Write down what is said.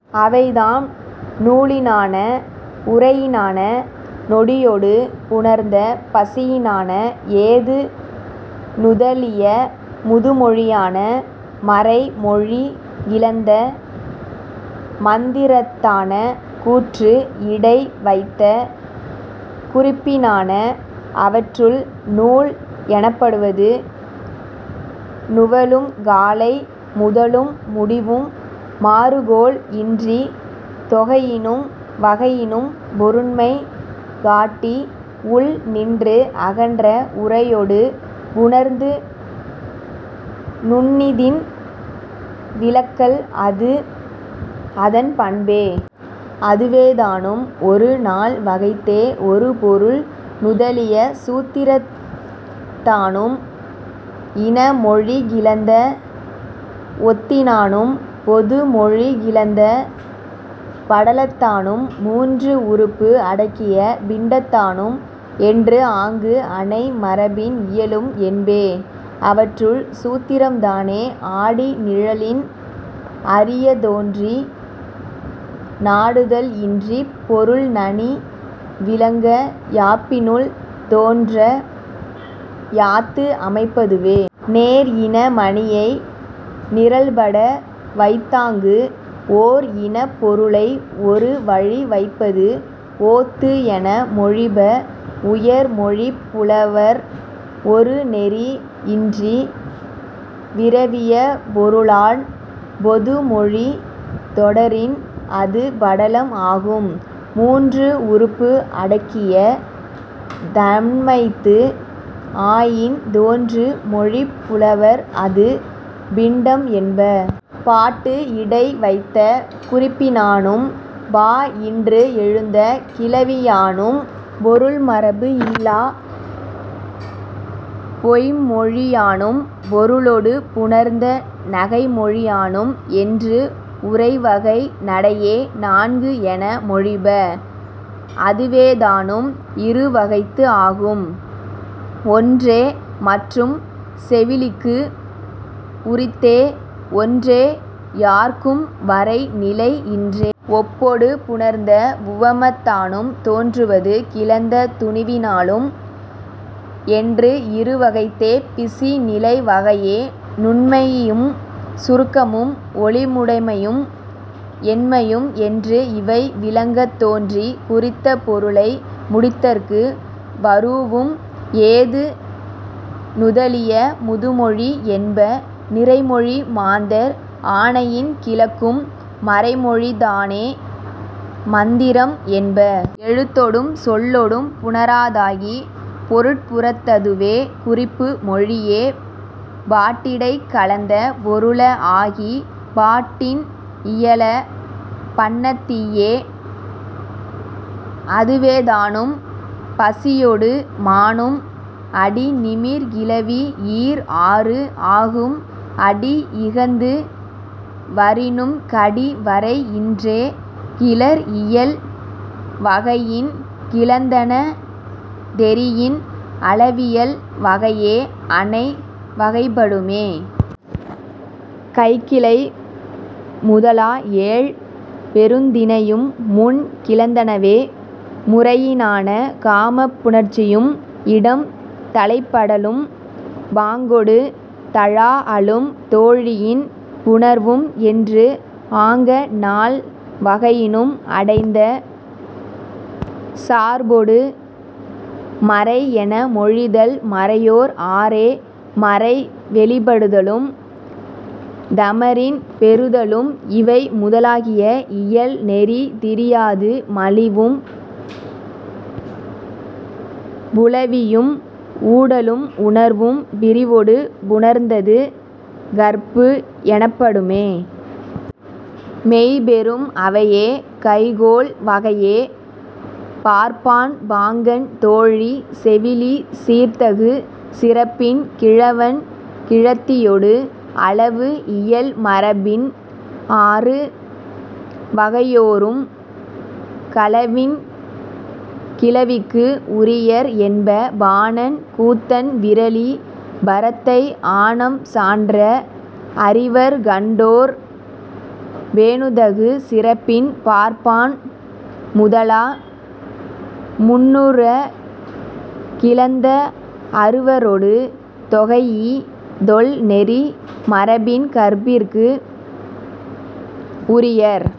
அவைதாம், நூலினான உரையினான நொடியொடு புணர்ந்த பிசியினான ஏது நுதலிய முதுமொழியான மறை மொழி கிளந்த மந்திரத்தான கூற்று இடை வைத்த குறிப்பினான. அவற்றுள், நூல் எனப்படுவது நுவலும் காலை முதலும் முடிவும் மாறுகோள் இன்றி தொகையினும் வகையினும் பொருண்மை காட்டி உள் நின்று அகன்ற உரையொடு புணர்ந்து நுண்ணிதின் விளக்கல் அது அதன் பண்பே. அதுவேதானும் ஒரு நால் வகைத்தே. ஒரு பொருள் நுதலிய சூத்திரத்தானும் இன மொழி கிளந்த ஓத்தினானும் பொது மொழி கிளந்த படலத்தானும் மூன்று உறுப்பு அடக்கிய பிண்டத்தானும் என்று ஆங்கு அனை மரபின் இயலும் என்பே. அவற்றுள், சூத்திரம்தானே ஆடி நிழலின் அறியத் தோன்றி நாடுதல் இன்றிப் பொருள் நனி விளங்க யாப்பினுள் தோன்ற யாத்து அமைப்பதுவே. நேர் இன மணியை நிரல்பட வைத்தாங்கு ஓர் இனப் பொருளை ஒரு வழி வைப்பது ஓத்து என மொழிப உயர் மொழிப் புலவர். ஒரு நெறி இன்றி விரவிய பொருளான் பொது மொழி தொடரின் அது படலம் ஆகும். மூன்று உறுப்பு அடக்கிய தன்மைத்து ஆயின் தோன்று மொழிப் புலவர் அது பிண்டம் என்ப. பாட்டு இடை வைத்த குறிப்பினானும் பா இன்று எழுந்த கிளவியானும் பொருள் மரபு இல்லாப் பொய்ம்மொழியானும் பொருளொடு புணர்ந்த நகைமொழியானும் என்று உரை வகை நடையே நான்கு என மொழிப. அதுவேதானும் இரு வகைத்து ஆகும். ஒன்றே மற்றும் செவிலிக்கு உரித்தே ஒன்றே யார்க்கும் வரை நிலை இன்றே. ஒப்பொடு புணர்ந்த உவமத்தானும் தோன்றுவது கிளந்த துணிவினானும் என்று இரு வகைத்தே பிசி நிலை வகையே. நுண்மையும் சுருக்கமும் ஒளிமுடைமையும் எண்மையும் என்று இவை விளங்கத் தோன்றி குறித்த பொருளை முடித்தற்கு வரூஉம் ஏது நுதலிய முதுமொழி என்ப. நிறைமொழி மாந்தர் ஆணையின் கிளக்கும் மறைமொழிதானே மந்திரம் என்ப. எழுத்தொடும் சொல்லொடும் புணராதாகி பொருட்புறத்ததுவே குறிப்பு மொழியே. பாட்டிடைக் கலந்த பொருள ஆகி பாட்டின் இயல பண்ணத்திய்யே. அதுவேதானும் பசியொடு மானும். அடி நிமிர் கிளவி ஈர் ஆறு ஆகும் அடி இகந்து வரினும் கடி வரை இன்றே. கிளர் இயல் வகையின் கிளந்தன தெரியின் அளவியல் வகையே அனை வகைப்படுமே. கைக்கிளை முதலா ஏழ் பெருந் திணையும் முன் கிளந்தனவே முறையினான. காமப் புணர்ச்சியும் இடம் தலைப்படலும் பாங்கொடு தழாஅலும் தோழியின் புணர்வும் என்று ஆங்க நால் வகையினும் அடைந்த சார்பொடு மறை என மொழிதல் மறையோர் ஆறே. மறை வெளிப்படுதலும் தமரின் பெறுதலும் இவை முதலாகிய இயல் நெறி திரியாது மலிவும் புலவியும் ஊடலும் உணர்வும் பிரிவொடு புணர்ந்தது கற்பு எனப்படுமே. மெய் பெறும் அவையே கைகோள் வகையே. பார்ப்பான் பாங்கன் தோழி செவிலி சீர்த்தகு சிறப்பின் கிழவன் கிழத்தியொடு அளவு இயல் மரபின் அறு வகையோரும் களவின் கிளவிக்கு உரியர் என்ப. பாணன் கூத்தன் விறலி பரத்தை ஆணம் சான்ற அறிவர் கண்டோர் பேணுதகு சிறப்பின் பார்ப்பான் முதலா முன்னுறக் கிளந்த அறுவரொடு தொகைஇ தொல் நெறி மரபின் கற்பிற்கு உரியர்.